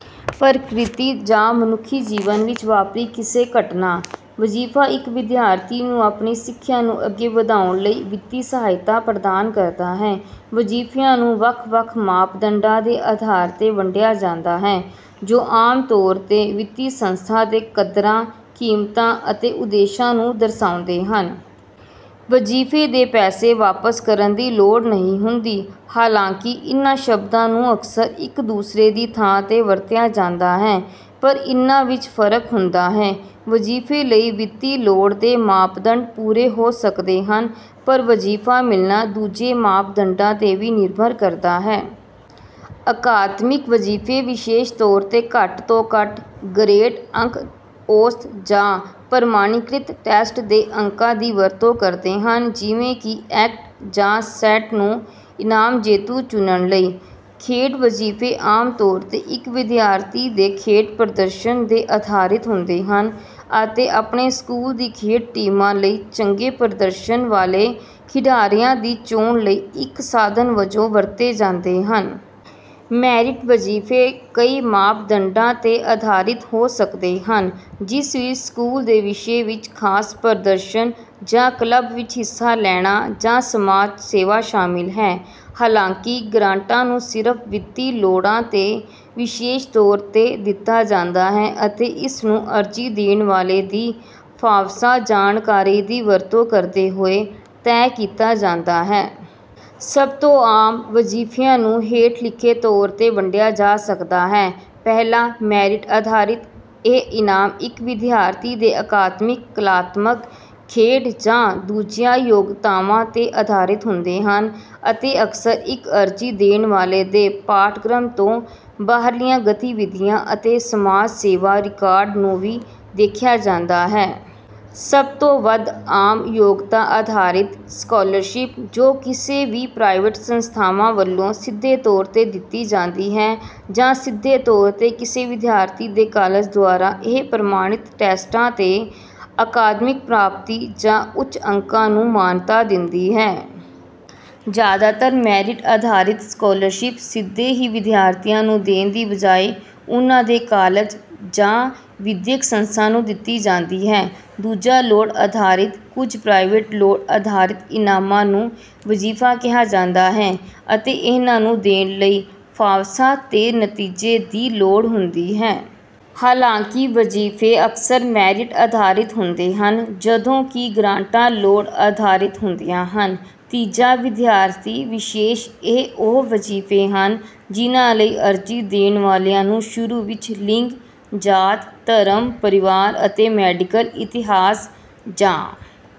ਪ੍ਰਕਿਰਤੀ ਜਾਂ ਮਨੁੱਖੀ ਜੀਵਨ ਵਿੱਚ ਵਾਪਰੀ ਕਿਸੇ ਘਟਨਾ। ਵਜੀਫਾ ਇੱਕ ਵਿਦਿਆਰਥੀ ਨੂੰ ਆਪਣੀ ਸਿੱਖਿਆ ਨੂੰ ਅੱਗੇ ਵਧਾਉਣ ਲਈ ਵਿੱਤੀ ਸਹਾਇਤਾ ਪ੍ਰਦਾਨ ਕਰਦਾ ਹੈ। ਵਜੀਫਿਆਂ ਨੂੰ ਵੱਖ ਵੱਖ ਮਾਪਦੰਡਾਂ ਦੇ ਆਧਾਰ ਤੇ ਵੰਡਿਆ ਜਾਂਦਾ ਹੈ, ਜੋ ਆਮ ਤੌਰ ਤੇ ਵਿੱਤੀ ਸੰਸਥਾ ਦੇ ਕਦਰਾਂ ਕੀਮਤਾਂ ਅਤੇ ਉਦੇਸ਼ਾਂ ਨੂੰ ਦਰਸਾਉਂਦੇ ਹਨ। ਵਜੀਫੇ ਦੇ ਪੈਸੇ ਵਾਪਸ ਕਰਨ ਦੀ ਲੋੜ ਨਹੀਂ ਹੁੰਦੀ। ਹਾਲਾਂਕਿ ਇਨ੍ਹਾਂ ਸ਼ਬਦਾਂ ਨੂੰ ਅਕਸਰ ਇੱਕ ਦੂਸਰੇ ਦੀ ਥਾਂ ਤੇ ਵਰਤਿਆ ਜਾਂਦਾ ਹੈ, ਪਰ ਇਨ੍ਹਾਂ ਵਿੱਚ ਫਰਕ ਹੁੰਦਾ ਹੈ। ਵਜੀਫੇ ਲਈ ਵਿੱਤੀ ਲੋੜ ਦੇ ਮਾਪਦੰਡ ਪੂਰੇ ਹੋ ਸਕਦੇ ਹਨ ਪਰ ਵਜੀਫਾ ਮਿਲਣਾ ਦੂਜੇ ਮਾਪਦੰਡਾਂ ਤੇ ਵੀ ਨਿਰਭਰ ਕਰਦਾ ਹੈ। ਅਕਾਦਮਿਕ ਵਜੀਫੇ ਵਿਸ਼ੇਸ਼ ਤੌਰ ਤੇ ਘੱਟ ਤੋਂ ਘੱਟ ਗਰੇਡ ਅੰਕ ਔਸਤ ਜਾਂ ਪ੍ਰਮਾਣੀਕ੍ਰਿਤ ਟੈਸਟ ਦੇ ਅੰਕਾਂ ਦੀ ਵਰਤੋਂ ਕਰਦੇ ਹਨ ਜਿਵੇਂ ਕਿ ਐਕਟ ਜਾਂ ਸੈਟ ਨੂੰ ਇਨਾਮ ਜੇਤੂ ਚੁਣਨ ਲਈ। ਖੇਡ ਵਜੀਫੇ ਆਮ ਤੌਰ ਤੇ ਇੱਕ ਵਿਦਿਆਰਥੀ ਦੇ ਖੇਡ ਪ੍ਰਦਰਸ਼ਨ ਤੇ ਆਧਾਰਿਤ ਹੁੰਦੇ ਹਨ ਅਤੇ ਆਪਣੇ ਸਕੂਲ ਦੀ ਖੇਡ ਟੀਮਾਂ ਲਈ ਚੰਗੇ ਪ੍ਰਦਰਸ਼ਨ ਵਾਲੇ ਖਿਡਾਰੀਆਂ ਦੀ ਚੋਣ ਲਈ ਇੱਕ ਸਾਧਨ ਵਜੋਂ ਵਰਤੇ ਜਾਂਦੇ ਹਨ। ਮੈਰਿਟ ਵਜੀਫੇ ਕਈ ਮਾਪਦੰਡਾਂ ਤੇ ਆਧਾਰਿਤ ਹੋ ਸਕਦੇ ਹਨ, ਜਿਸ ਵਿੱਚ ਸਕੂਲ ਦੇ ਵਿਸ਼ੇ ਵਿੱਚ ਖਾਸ ਪ੍ਰਦਰਸ਼ਨ ਜਾਂ ਕਲੱਬ ਵਿੱਚ ਹਿੱਸਾ ਲੈਣਾ ਜਾਂ ਸਮਾਜ ਸੇਵਾ ਸ਼ਾਮਿਲ ਹੈ। ਹਾਲਾਂਕਿ, ਗ੍ਰਾਂਟਾਂ ਨੂੰ ਸਿਰਫ ਵਿੱਤੀ ਲੋੜਾਂ ਤੇ ਵਿਸ਼ੇਸ਼ ਤੌਰ ਤੇ ਦਿੱਤਾ ਜਾਂਦਾ ਹੈ ਅਤੇ ਇਸਨੂੰ ਅਰਜ਼ੀ ਦੇਣ ਵਾਲੇ ਦੀ ਫਾਫਸਾ ਜਾਣਕਾਰੀ ਦੀ ਵਰਤੋਂ ਕਰਦੇ ਹੋਏ ਤੈਅ ਕੀਤਾ ਜਾਂਦਾ ਹੈ। ਸਭ ਤੋਂ ਆਮ ਵਜੀਫਿਆਂ ਨੂੰ ਹੇਠ ਲਿਖੇ ਤੌਰ ਤੇ ਵੰਡਿਆ ਜਾ ਸਕਦਾ ਹੈ ਪਹਿਲਾ ਮੈਰਿਟ ਆਧਾਰਿਤ ਇਹ ਇਨਾਮ ਇੱਕ ਵਿਦਿਆਰਥੀ ਦੇ ਅਕਾਦਮਿਕ, ਕਲਾਤਮਕ, ਖੇਡ ਜਾਂ ਦੂਜੀਆਂ ਯੋਗਤਾਵਾਂ ਤੇ ਆਧਾਰਿਤ ਹੁੰਦੇ ਹਨ, ਅਤੇ ਅਕਸਰ ਇੱਕ ਅਰਜ਼ੀ ਦੇਣ ਵਾਲੇ ਦੇ ਪਾਠਕ੍ਰਮ ਤੋਂ ਬਾਹਰਲੀਆਂ ਗਤੀਵਿਧੀਆਂ ਅਤੇ ਸਮਾਜ ਸੇਵਾ ਰਿਕਾਰਡ ਨੂੰ ਵੀ ਦੇਖਿਆ ਜਾਂਦਾ ਹੈ। ਸਭ ਤੋਂ ਵੱਧ ਆਮ ਯੋਗਤਾ-ਆਧਾਰਿਤ ਸਕਾਲਰਸ਼ਿਪ, ਜੋ ਕਿਸੇ ਵੀ ਪ੍ਰਾਈਵੇਟ ਸੰਸਥਾਵਾਂ ਵੱਲੋਂ ਸਿੱਧੇ ਤੌਰ ਤੇ ਦਿੱਤੀ ਜਾਂਦੀ ਹੈ ਜਾਂ ਸਿੱਧੇ ਤੌਰ ਤੇ ਕਿਸੇ ਵਿਦਿਆਰਥੀ ਦੇ ਕਾਲਜ ਦੁਆਰਾ, ਇਹ ਪ੍ਰਮਾਣਿਤ ਟੈਸਟਾਂ ਤੇ ਅਕਾਦਮਿਕ ਪ੍ਰਾਪਤੀ ਜਾਂ ਉੱਚ ਅੰਕਾਂ ਨੂੰ ਮਾਨਤਾ ਦਿੰਦੀ ਹੈ। ਜ਼ਿਆਦਾਤਰ ਮੈਰਿਟ-ਆਧਾਰਿਤ ਸਕਾਲਰਸ਼ਿਪ ਸਿੱਧੇ ਹੀ ਵਿਦਿਆਰਥੀਆਂ ਨੂੰ ਦੇਣ ਦੀ ਬਜਾਏ ਉਨ੍ਹਾਂ ਦੇ ਕਾਲਜ ਜਾਂ ਵਿਦਿਅਕ ਸੰਸਥਾ ਨੂੰ ਦਿੱਤੀ ਜਾਂਦੀ ਹੈ। ਦੂਜਾ ਲੋੜ-ਆਧਾਰਿਤ: ਕੁਝ ਪ੍ਰਾਈਵੇਟ ਲੋੜ ਆਧਾਰਿਤ ਇਨਾਮਾਂ ਨੂੰ ਵਜੀਫਾ ਕਿਹਾ ਜਾਂਦਾ ਹੈ, ਅਤੇ ਇਹਨਾਂ ਨੂੰ ਦੇਣ ਲਈ ਫਾਫਸਾ ਦੇ ਨਤੀਜੇ ਦੀ ਲੋੜ ਹੁੰਦੀ ਹੈ। ਹਾਲਾਂਕਿ, ਵਜੀਫੇ ਅਕਸਰ ਮੈਰਿਟ ਆਧਾਰਿਤ ਹੁੰਦੇ ਹਨ, ਜਦੋਂ ਕਿ ਗ੍ਰਾਂਟਾਂ ਲੋੜ ਆਧਾਰਿਤ ਹੁੰਦੀਆਂ ਹਨ। ਤੀਜਾ ਵਿਦਿਆਰਥੀ-ਵਿਸ਼ੇਸ਼ ਇਹ ਉਹ ਵਜੀਫੇ ਹਨ ਜਿਨ੍ਹਾਂ ਲਈ ਅਰਜ਼ੀ ਦੇਣ ਵਾਲਿਆਂ ਨੂੰ ਸ਼ੁਰੂ ਵਿੱਚ ਲਿੰਗ, ਜਾਤ, ਧਰਮ, ਪਰਿਵਾਰ ਅਤੇ ਮੈਡੀਕਲ ਇਤਿਹਾਸ, ਜਾਂ